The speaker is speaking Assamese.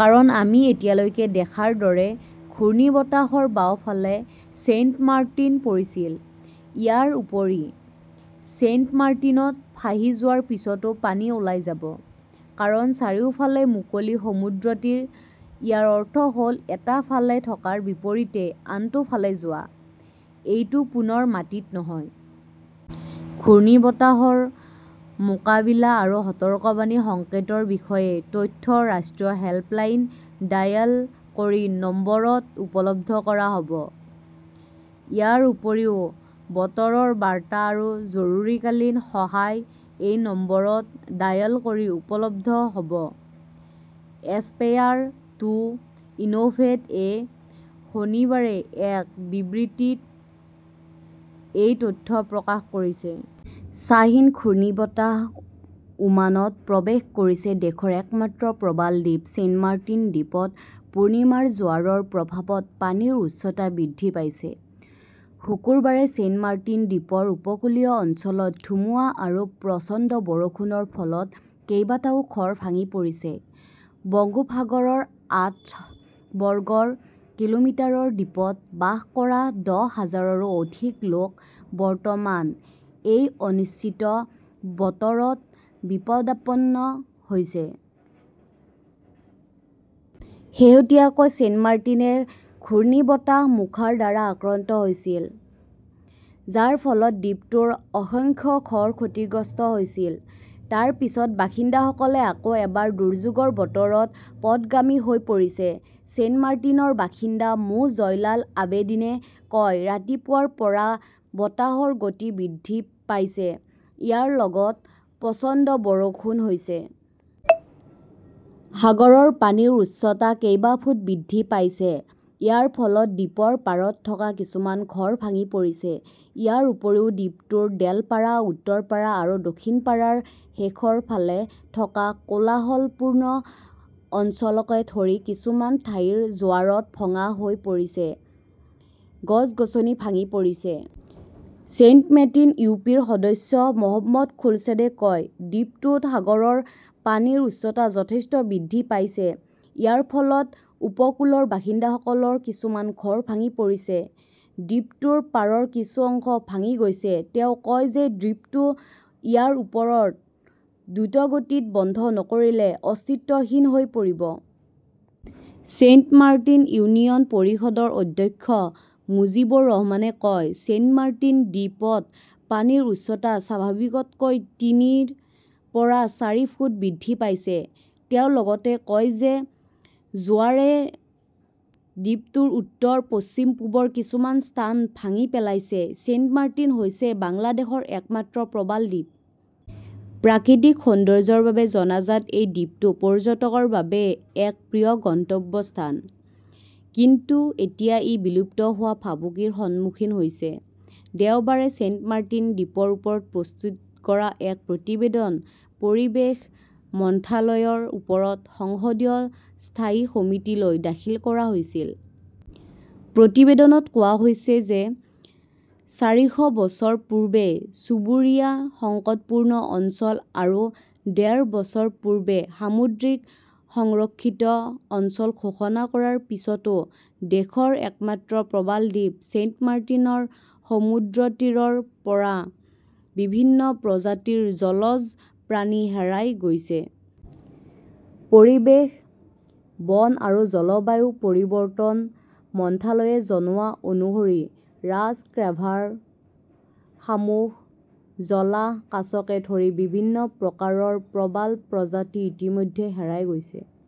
কাৰণ, আমি এতিয়ালৈকে দেখাৰ দৰে ঘূৰ্ণীবতাহৰ বাওঁফালে ছেইণ্টমাৰ্টিন পৰিছিল। ইয়াৰ উপৰিও, ছেইণ্টমাৰ্টিনত ভাহি যোৱাৰ পিছতো পানী ওলাই যাব। কাৰণ, চাৰিওফালে মুকলি সমুদ্ৰতীৰ। ইয়াৰ অৰ্থ হ'ল এটা ফালে থকাৰ বিপৰীতে আনটো ফালে যোৱা। এইটো পুনৰ মাটিত নহয়। ঘূৰ্ণীবতাহৰ মোকাবিলা আৰু সতৰ্কবাণী সংকেতৰ বিষয়ে তথ্য ৰাষ্ট্ৰীয় হেল্পলাইনত ডায়াল কৰি নম্বৰত উপলব্ধ কৰা হ'ব। ইয়াৰ উপৰিও, বতৰৰ বাৰ্তা আৰু জৰুৰীকালীন সহায় এই নম্বৰত ডায়াল কৰি উপলব্ধ হ 'ব। এছপেয়াৰ টু ইনোভেট এ শনিবাৰে এক বিবৃতিত এই তথ্য প্ৰকাশ কৰিছে। শ্বাহীন ঘূৰ্ণীবতাহ ওমানত প্ৰৱেশ কৰিছে দেশৰ একমাত্ৰ প্ৰবাল দ্বীপ ছেইণ্টমাৰ্টিন দ্বীপত পূৰ্ণিমাৰ জোৱাৰৰ প্ৰভাৱত পানীৰ উচ্চতা বৃদ্ধি পাইছে। শুকুৰবাৰে ছেইণ্টমাৰ্টিন দ্বীপৰ উপকূলীয় অঞ্চলত ধুমুহা আৰু প্ৰচণ্ড বৰষুণৰ ফলত কেইবাটাও ঘৰ ভাঙি পৰিছে। বংগোপসাগৰৰ আঠ বৰ্গ কিলোমিটাৰ দ্বীপত বাস কৰা দহ হাজাৰৰো অধিক লোক বৰ্তমান এই অনিশ্চিত বতৰত বিপদাপন্ন হৈছে। শেহতীয়াকৈ, ছেইণ্টমাৰ্টিনে ঘূৰ্ণীবতাহ মোখাৰ দ্বাৰা আক্ৰান্ত হৈছিল, যাৰ ফলত দ্বীপটোৰ অসংখ্য ঘৰ ক্ষতিগ্ৰস্ত হৈছিল। তাৰ পিছত বাসিন্দাসকলে আকৌ এবাৰ দুৰ্যোগৰ বতৰত বিপথগামী হৈ পৰিছে। ছেইণ্টমাৰ্টিনৰ বাসিন্দা মো. জয়নাল আবেদীনে কয়, ৰাতিপুৱাৰ পৰা বতাহৰ গতি বৃদ্ধি পাইছে, ইয়াৰ লগত প্ৰচণ্ড বৰষুণ হৈছে। সাগৰৰ পানীৰ উচ্চতা কেইবা ফুট বৃদ্ধি পাইছে। ইয়াৰ ফলত দ্বীপৰ পাৰত থকা কিছুমান ঘৰ ভাঙি পৰিছে। ইয়াৰ উপৰিও দ্বীপটোৰ ডেলপাৰা, উত্তৰপাৰা আৰু দক্ষিণপাৰাৰ শেষৰ ফালে থকা কোলাহলপূৰ্ণ অঞ্চলকে ধৰি কিছুমান ঠাই জোৱাৰত ভঙা হৈ পৰিছে, গছ-গছনি ভাঙি পৰিছে। Saint Martin U. পি. ৰ সদস্য মহম্মদ খোৰছেডে কয়, দ্বীপটোত সাগৰৰ পানীৰ উচ্চতা যথেষ্ট বৃদ্ধি পাইছে। ইয়াৰ ফলত উপকূলৰ বাসিন্দাসকলৰ কিছুমান ঘৰ ভাঙি পৰিছে। দ্বীপটোৰ পাৰৰ কিছু অংশ ভাঙি গৈছে। তেওঁ কয় যে দ্ৰীপটো ইয়াৰ ওচৰত দ্ৰুতগতিত বান্ধ নকৰিলে অস্তিত্বহীন হৈ পৰিব। ছেইণ্টমাৰ্টিন ইউনিয়ন পৰিষদৰ অধ্যক্ষ মুজীবৰ ৰহমানে কয়, "ছেইণ্টমাৰ্টিন দ্বীপত পানীৰ উচ্চতা স্বাভাৱিকতকৈ তিনিৰ পৰা চাৰি ফুট বৃদ্ধি পাইছে।" তেওঁ লগতে কয় যে জোৱাৰে দ্বীপটোৰ উত্তৰ, পশ্চিম-পূবৰ কিছুমান স্থান ভাঙি পেলাইছে। ছেইণ্টমাৰ্টিন হৈছে বাংলাদেশৰ একমাত্ৰ প্ৰবাল দ্বীপ। প্ৰাকৃতিক সৌন্দৰ্য্যৰ বাবে জনাজাত এই দ্বীপটো পৰ্যটকৰ বাবে এক প্ৰিয় গন্তব্যস্থান। কিন্তু এতিয়া ই বিলুপ্ত হোৱাৰ ভাবুকিৰ সন্মুখীন হৈছে। দেওবাৰে ছেইণ্টমাৰ্টিন দ্বীপৰ ওপৰত প্ৰস্তুত কৰা এক প্ৰতিবেদন পৰিৱেশ মন্ত্ৰালয়ৰ ওপৰত সংসদীয় স্থায়ী সমিতিলৈ দাখিল কৰা হৈছিল। প্ৰতিবেদনত কোৱা হৈছে যে চাৰিশ বছৰ পূৰ্বে চুবুৰীয়া সংকটপূৰ্ণ অঞ্চল আৰু ডেৰ বছৰ পূৰ্বে সামুদ্ৰিক সংৰক্ষিত অঞ্চল ঘোষণা কৰাৰ পিছতো দেশৰ একমাত্ৰ প্ৰবাল দ্বীপ ছেইণ্টমাৰ্টিনৰ সমুদ্ৰতীৰৰ পৰা বিভিন্ন প্ৰজাতিৰ জলজ প্ৰাণী হেৰাই গৈছে। পৰিৱেশ, বন আৰু জলবায়ু পৰিৱৰ্তন মন্ত্ৰালয়ে জনোৱা অনুসৰি ৰাজ ক্ৰেভাৰ, শামুক, জলাহ, কাছকে ধৰি বিভিন্ন প্ৰকাৰৰ প্ৰবাল প্ৰজাতি ইতিমধ্যে হেৰাই গৈছে।